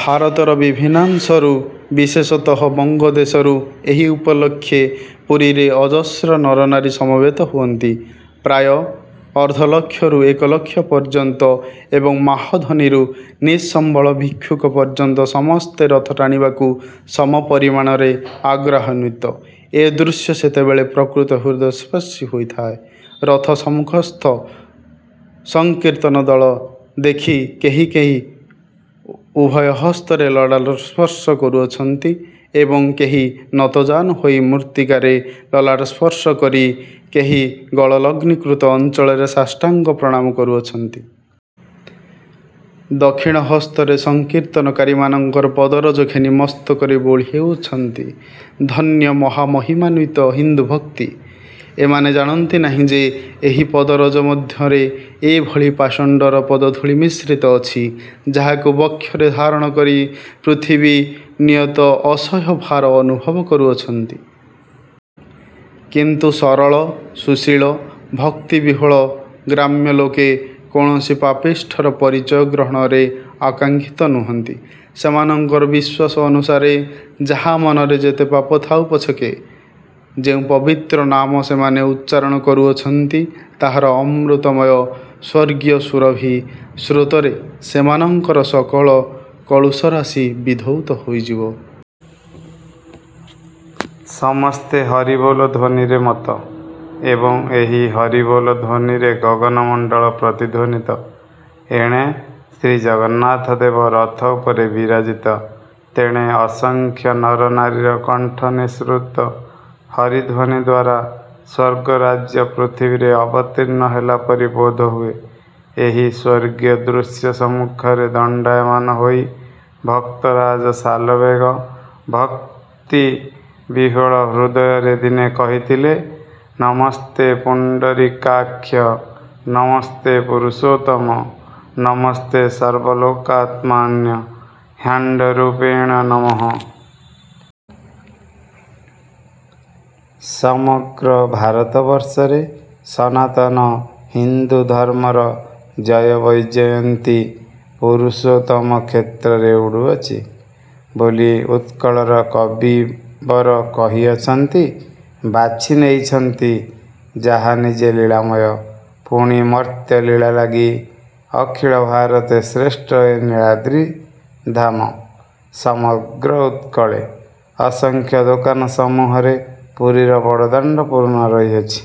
ଭାରତର ବିଭିନ୍ନାଂଶରୁ ବିଶେଷତଃ ବଙ୍ଗଦେଶରୁ ଏହି ଉପଲକ୍ଷେ ପୁରୀରେ ଅଜସ୍ର ନରନାରୀ ସମବେତ ହୁଅନ୍ତି। ପ୍ରାୟ ଅର୍ଦ୍ଧଲକ୍ଷରୁ ଏକ ଲକ୍ଷ ପର୍ଯ୍ୟନ୍ତ ଏବଂ ମାହଧନିରୁ ନିଃସମ୍ବଳ ଭିକ୍ଷୁକ ପର୍ଯ୍ୟନ୍ତ ସମସ୍ତେ ରଥ ଟାଣିବାକୁ ସମପରିମାଣରେ ଆଗ୍ରହାନ୍ୱିତ। ଏ ଦୃଶ୍ୟ ସେତେବେଳେ ପ୍ରକୃତ ହୃଦୟସ୍ପର୍ଶୀ ହୋଇଥାଏ। ରଥ ସମ୍ମୁଖସ୍ଥ ସଂକୀର୍ତ୍ତନଦଳ ଦେଖି କେହି କେହି ଉଭୟ ହସ୍ତରେ ଲଲାଟ ସ୍ପର୍ଶ କରୁଅଛନ୍ତି ଏବଂ କେହି ନତଜାନୁ ହୋଇ ମୃତ୍ତିକାରେ ଲଲାଟ ସ୍ପର୍ଶ କରି, କେହି ଗଳଲଗ୍ନୀକୃତ ଅଞ୍ଚଳରେ ସାଷ୍ଟାଙ୍ଗ ପ୍ରଣାମ କରୁଅଛନ୍ତି। ଦକ୍ଷିଣ ହସ୍ତରେ ସଂକୀର୍ତ୍ତନକାରିମାନଙ୍କ ପଦରଜ ଘେନି ମସ୍ତକରେ ବୋଳି ଦେଉଅଛନ୍ତି। ଧନ୍ୟ ମହାମହିମାନ୍ୱିତ ହିନ୍ଦୁଭକ୍ତି! ଏମାନେ ଜାଣନ୍ତି ନାହିଁ ଯେ ଏହି ପଦରଜ ମଧ୍ୟରେ ଏଭଳି ପାଷଣ୍ଡର ପଦଧୂଳି ମିଶ୍ରିତ ଅଛି, ଯାହାକୁ ବକ୍ଷରେ ଧାରଣ କରି ପୃଥିବୀ ନିୟତ ଅସହ୍ୟ ଭାର ଅନୁଭବ କରୁଅଛନ୍ତି। କିନ୍ତୁ ସରଳ, ସୁଶୀଳ, ଭକ୍ତିବିହ୍ୱଳ ଗ୍ରାମ୍ୟ ଲୋକେ କୌଣସି ପାପିଷ୍ଠର ପରିଚୟ ଗ୍ରହଣରେ ଆକାଙ୍କ୍ଷିତ ନୁହନ୍ତି ସେମାନଙ୍କର ବିଶ୍ୱାସ ଅନୁସାରେ ଯାହା ମନରେ ଯେତେ ପାପ ଥାଉ ପଛକେ ଯେଉଁ ପବିତ୍ର ନାମ ସେମାନେ ଉଚ୍ଚାରଣ କରୁଅଛନ୍ତି, ତାହାର ଅମୃତମୟ ସ୍ୱର୍ଗୀୟ ସୁରଭି ସ୍ରୋତରେ ସେମାନଙ୍କର ସକଳ କଳୁଷରାଶି ବିଧୌତ ହୋଇଯିବ। ସମସ୍ତେ ହରିବୋଲ ଧ୍ୱନିରେ ମତ୍ତ ଏବଂ ଏହି ହରିବୋଲ ଧ୍ୱନିରେ ଗଗନମଣ୍ଡଳ ପ୍ରତିଧ୍ୱନିତ। ଏଣେ ଶ୍ରୀଜଗନ୍ନାଥଦେବ ରଥ ଉପରେ ବିରାଜିତ ତେଣେ ଅସଂଖ୍ୟ ନରନାରୀର କଣ୍ଠନିଃସୃତ ହରିଧ୍ୱନିଦ୍ୱାରା ସ୍ୱର୍ଗରାଜ୍ୟ ପୃଥିବୀରେ ଅବତୀର୍ଣ୍ଣ ହେଲା ପରି ବୋଧ ହୁଏ। ଏହି ସ୍ୱର୍ଗୀୟ ଦୃଶ୍ୟ ସମ୍ମୁଖରେ ଦଣ୍ଡାୟମାନ ହୋଇ ଭକ୍ତରାଜ ଶାଲବେଗ ଭକ୍ତି ବିହ୍ୱଳ ହୃଦୟରେ ଦିନେ କହିଥିଲେ ନମସ୍ତେ ପୁଣ୍ଡରୀକାକ୍ଷ, ନମସ୍ତେ ପୁରୁଷୋତ୍ତମ ନମସ୍ତେ ସର୍ବଲୋକାତ୍ମନ୍ବ୍ର ହ୍ମାଣ୍ଡରୂପିଣେ ନମଃ। ସମଗ୍ର ଭାରତବର୍ଷରେ ସନାତନ ହିନ୍ଦୁଧର୍ମର ଜୟବୈଜୟନ୍ତୀ ପୁରୁଷୋତ୍ତମ କ୍ଷେତ୍ରରେ ଉଡ଼ୁଅଛି ବୋଲି ଉତ୍କଳର କବିବର କହିଅଛନ୍ତି ବାଛି ନେଇଛନ୍ତି ଯାହା ନିଜେ ଲୀଳାମୟ ପୁଣି ମର୍ତ୍ତ୍ୟଲୀଳା ଲାଗି ଅଖିଳ ଭାରତେ ଶ୍ରେଷ୍ଠ ଏ ନୀଳାଦ୍ରିଧାମ ସମଗ୍ର ଉତ୍କଳେ। ଅସଂଖ୍ୟ ଦୋକାନସମୂହରେ ପୁରୀର ବଡ଼ଦାଣ୍ଡ' ପୂର୍ଣ୍ଣ ରହିଅଛି।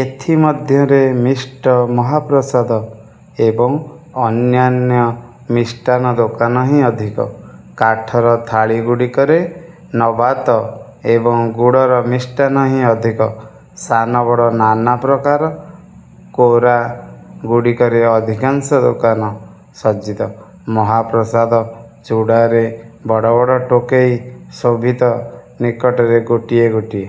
ଏଥି ମଧ୍ୟରେ ମିଷ୍ଟ ମହାପ୍ରସାଦ ଏବଂ ଅନ୍ୟାନ୍ୟ ମିଷ୍ଟାନ୍ନ ଦୋକାନହିଁ ଅଧିକ। କାଠର ଥାଳିଗୁଡ଼ିକରେ ନବାତ ଏବଂ ଗୁଡ଼ର ମିଷ୍ଟାନ୍ନହିଁ ଅଧିକ, ସାନ ବଡ଼ ନାନାପ୍ରକାର କୋରା ଗୁଡ଼ିକରେ ଅଧିକାଂଶ ଦୋକାନ ସଜ୍ଜିତ। ମହାପ୍ରସାଦ ଚୂଡ଼ାରେ ବଡ଼ ବଡ଼ ଟୋକେଇ ଶୋଭିତ ନିକଟରେ ଗୋଟିଏ ଗୋଟିଏ